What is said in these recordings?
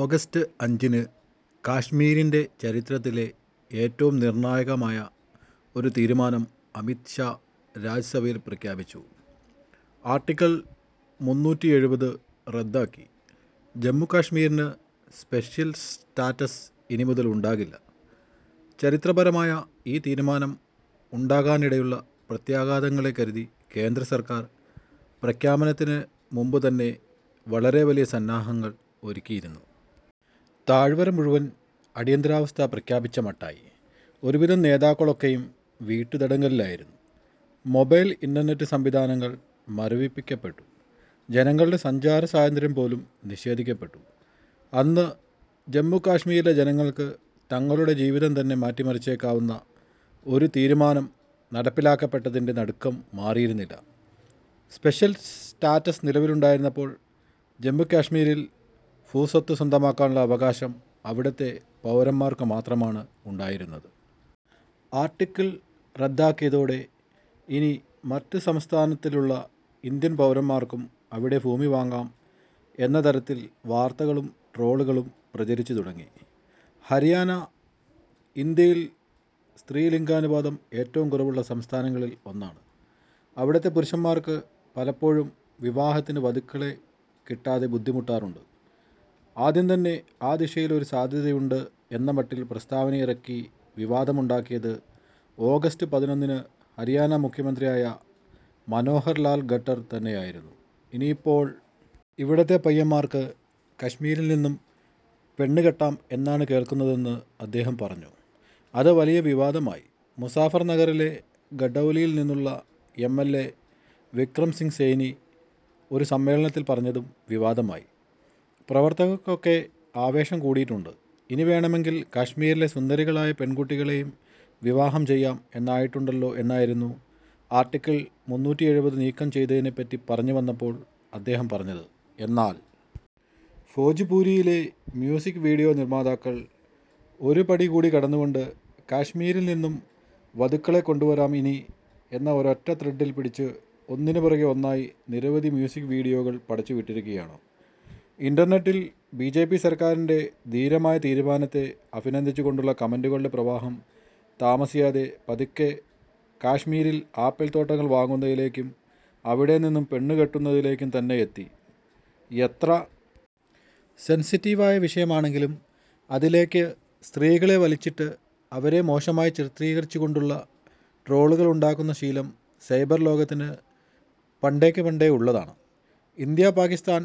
August അഞ്ചിന് കശ്മീരിൻ്റെ ചരിത്രത്തിലെ ഏറ്റവും നിർണായകമായ ഒരു തീരുമാനം അമിത് ഷാ രാജ്യസഭയിൽ പ്രഖ്യാപിച്ചു. ആർട്ടിക്കിൾ മുന്നൂറ്റി എഴുപത് റദ്ദാക്കി. ജമ്മു കശ്മീരിന് സ്പെഷ്യൽ സ്റ്റാറ്റസ് ഇനി മുതൽ ഉണ്ടാകില്ല. ചരിത്രപരമായ ഈ തീരുമാനം ഉണ്ടാകാനിടയുള്ള പ്രത്യാഘാതങ്ങളെക്കരുതി കേന്ദ്ര സർക്കാർ പ്രഖ്യാപനത്തിനു മുമ്പുതന്നെ വളരെ വലിയ സന്നാഹങ്ങൾ ഒരുക്കിയിരുന്നു. താഴ്വര മുഴുവൻ അടിയന്തരാവസ്ഥ പ്രഖ്യാപിച്ച മട്ടായി. ഒരു വിധം നേതാക്കളൊക്കെയും വീട്ടുതടങ്കലിലായിരുന്നു. മൊബൈൽ ഇന്റർനെറ്റ് സംവിധാനങ്ങൾ മരവിപ്പിക്കപ്പെട്ടു. ജനങ്ങളുടെ സഞ്ചാര സ്വാതന്ത്ര്യം പോലും നിഷേധിക്കപ്പെട്ടു. അന്ന് ജമ്മു കശ്മീരിലെ ജനങ്ങൾക്ക് തങ്ങളുടെ ജീവിതം തന്നെ മാറ്റിമറിച്ചേക്കാവുന്ന ഒരു തീരുമാനം നടപ്പിലാക്കപ്പെട്ടതിൻ്റെ നടുക്കം മാറിയിരുന്നില്ല. സ്പെഷ്യൽ സ്റ്റാറ്റസ് നിലവിലുണ്ടായിരുന്നപ്പോൾ ജമ്മു കശ്മീരിൽ ഭൂസ്വത്ത് സ്വന്തമാക്കാനുള്ള അവകാശം അവിടത്തെ പൗരന്മാർക്കുമാത്രമാണ് ഉണ്ടായിരുന്നത്. ആർട്ടിക്കിൾ റദ്ദാക്കിയതോടെ ഇനി മറ്റ് സംസ്ഥാനങ്ങളിലുള്ള ഇന്ത്യൻ പൗരന്മാർക്കും അവിടെ ഭൂമി വാങ്ങാം എന്ന തരത്തിൽ വാർത്തകളും ട്രോളുകളും പ്രചരിച്ചുതുടങ്ങി. ഹരിയാന ഇന്ത്യയിൽ സ്ത്രീ ലിംഗാനുപാതം ഏറ്റവും കുറവുള്ള സംസ്ഥാനങ്ങളിൽ ഒന്നാണ്. അവിടത്തെ പുരുഷന്മാർക്ക് പലപ്പോഴും വിവാഹത്തിന് വധുക്കളെ കിട്ടാതെ ബുദ്ധിമുട്ടാറുണ്ട്. ആദ്യം തന്നെ ആ ദിശയിൽ ഒരു സാധ്യതയുണ്ട് എന്ന മട്ടിൽ പ്രസ്താവനയിറക്കി വിവാദമുണ്ടാക്കിയത് ഓഗസ്റ്റ് പതിനൊന്നിന് ഹരിയാന മുഖ്യമന്ത്രിയായ മനോഹർ ലാൽ ഖട്ടർ തന്നെയായിരുന്നു. ഇനിയിപ്പോൾ ഇവിടത്തെ പയ്യന്മാർക്ക് കശ്മീരിൽനിന്നും പെണ്ണുകെട്ടാം എന്നാണ് കേൾക്കുന്നത് എന്ന് അദ്ദേഹം പറഞ്ഞു. അത് വലിയ വിവാദമായി. മുസഫർനഗറിലെ ഖടൗലിയിൽ നിന്നുള്ള എംഎൽഎ വിക്രം സിംഗ് സെയ്നി ഒരു സമ്മേളനത്തിൽ പറഞ്ഞതും വിവാദമായി. പ്രവർത്തകർക്കൊക്കെ ആവേശം കൂടിയിട്ടുണ്ട്. ഇനി വേണമെങ്കിൽ കശ്മീരിലെ സുന്ദരികളായ പെൺകുട്ടികളെയും വിവാഹം ചെയ്യാം എന്നായിട്ടുണ്ടല്ലോ എന്നായിരുന്നു ആർട്ടിക്കിൾ മുന്നൂറ്റി എഴുപത് നീക്കം ചെയ്തതിനെപ്പറ്റി പറഞ്ഞുവന്നപ്പോൾ അദ്ദേഹം പറഞ്ഞത്. എന്നാൽ ഭോജ്പുരിയിലെ മ്യൂസിക് വീഡിയോ നിർമാതാക്കൾ ഒരു പടികൂടി കടന്നുകൊണ്ട് കശ്മീരിൽനിന്നും വധുക്കളെ കൊണ്ടുവരാം ഇനി എന്ന ഒരൊറ്റ ത്രെഡിൽ പിടിച്ച് ഒന്നിനുപിറകെ ഒന്നായി നിരവധി മ്യൂസിക് വീഡിയോകൾ പടച്ചുവിട്ടിരിക്കുകയാണ്. ഇന്റർനെറ്റിൽ ബിജെപി സർക്കാരിൻ്റെ ധീരമായ തീരുമാനത്തെ അഭിനന്ദിച്ചുകൊണ്ടുള്ള കമന്റുകളുടെ പ്രവാഹം താമസിയാതെ പതുക്കെ കശ്മീരിൽ ആപ്പിൾ തോട്ടങ്ങൾ വാങ്ങുന്നതിലേക്കും അവിടെനിന്നും പെണ്ണുകെട്ടുന്നതിലേക്കും തന്നെ എത്തി.എത്ര സെൻസിറ്റീവായ വിഷയമാണെങ്കിലും അതിലേക്ക് സ്ത്രീകളെ വലിച്ചിട്ട് അവരെ മോശമായി ചിത്രീകരിച്ചുകൊണ്ടുള്ള ട്രോളുകൾ ഉണ്ടാക്കുന്ന ശീലം സൈബർ ലോകത്തിന് പണ്ടേക്കുപണ്ടേ ഉള്ളതാണ്. ഇന്ത്യ പാകിസ്ഥാൻ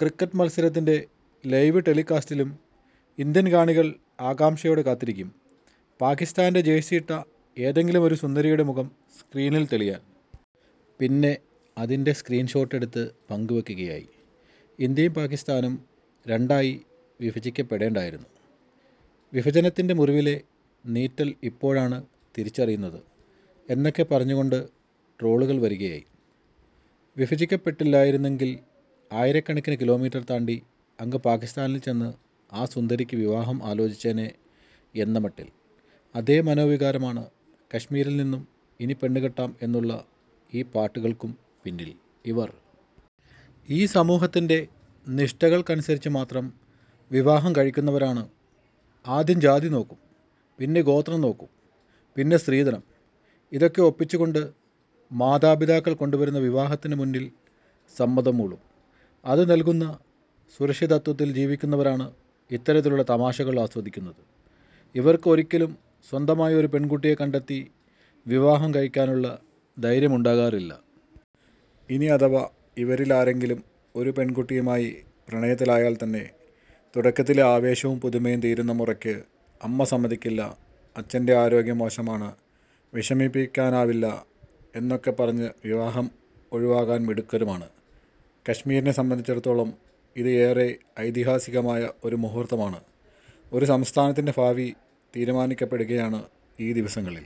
ക്രിക്കറ്റ് മത്സരത്തിൻ്റെ ലൈവ് ടെലികാസ്റ്റിലും ഇന്ത്യൻ കാണികൾ ആകാംക്ഷയോടെ കാത്തിരിക്കും പാകിസ്ഥാൻ്റെ ജേഴ്സിയിട്ട ഏതെങ്കിലും ഒരു സുന്ദരിയുടെ മുഖം സ്ക്രീനിൽ തെളിയാൻ. പിന്നെ അതിൻ്റെ സ്ക്രീൻഷോട്ടെടുത്ത് പങ്കുവെക്കുകയായി. ഇന്ത്യയും പാകിസ്ഥാനും രണ്ടായി വിഭജിക്കപ്പെടേണ്ടായിരുന്നു. വിഭജനത്തിൻ്റെ മുറിവിലെ നീറ്റൽ ഇപ്പോഴാണ് തിരിച്ചറിയുന്നത് എന്നൊക്കെ പറഞ്ഞുകൊണ്ട് ട്രോളുകൾ വരികയായി. വിഭജിക്കപ്പെട്ടില്ലായിരുന്നെങ്കിൽ ആയിരക്കണക്കിന് കിലോമീറ്റർ താണ്ടി അങ്ങ് പാകിസ്ഥാനിൽ ചെന്ന് ആ സുന്ദരിക്ക് വിവാഹം ആലോചിച്ചേനെ എന്ന മട്ടിൽ. അതേ മനോവികാരമാണ് കശ്മീരിൽനിന്നും ഇനി പെണ്ണുകെട്ടാം എന്നുള്ള ഈ പാട്ടുകൾക്കും പിന്നിൽ. ഇവർ ഈ സമൂഹത്തിൻ്റെ നിഷ്ഠകൾക്കനുസരിച്ച് മാത്രം വിവാഹം കഴിക്കുന്നവരാണ്. ആദ്യം ജാതി നോക്കും, പിന്നെ ഗോത്രം നോക്കും, പിന്നെ സ്ത്രീധനം. ഇതൊക്കെ ഒപ്പിച്ചുകൊണ്ട് മാതാപിതാക്കൾ കൊണ്ടുവരുന്ന വിവാഹത്തിനുമുന്നിൽ സമ്മതം മൂളും. അത് നൽകുന്ന സുരക്ഷിതത്വത്തിൽ ജീവിക്കുന്നവരാണ് ഇത്തരത്തിലുള്ള തമാശകൾ ആസ്വദിക്കുന്നത്. ഇവർക്ക് ഒരിക്കലും സ്വന്തമായി ഒരു പെൺകുട്ടിയെ കണ്ടെത്തി വിവാഹം കഴിക്കാനുള്ള ധൈര്യമുണ്ടാകാറില്ല. ഇനി അഥവാ ഇവരാരെങ്കിലും ഒരു പെൺകുട്ടിയുമായി പ്രണയത്തിലായാൽ തന്നെ, തുടക്കത്തിലെ ആവേശവും പുതുമയും തീരുന്ന മുറയ്ക്ക് അമ്മ സമ്മതിക്കില്ല, അച്ഛൻ്റെ ആരോഗ്യം മോശമാണ്, വിഷമിപ്പിക്കാനാവില്ല എന്നൊക്കെ പറഞ്ഞ് വിവാഹം ഒഴിവാക്കാൻ മിടുക്കരുമാണ്. കശ്മീരിനെ സംബന്ധിച്ചിടത്തോളം ഇത് ഏറെ ഐതിഹാസികമായ ഒരു മുഹൂർത്തമാണ്. ഒരു സംസ്ഥാനത്തിൻ്റെ ഭാവി തീരുമാനിക്കപ്പെടുകയാണ് ഈ ദിവസങ്ങളിൽ.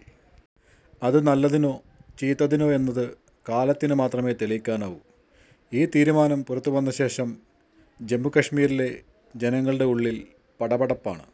അത് നല്ലതിനോ ചീത്തതിനോ എന്നത് കാലത്തിനു മാത്രമേ തെളിയിക്കാനാവൂ. ഈ തീരുമാനം പുറത്തുവന്നശേഷം ജമ്മു കശ്മീരിലെ ജനങ്ങളുടെ ഉള്ളിൽ പടപടപ്പാണ്.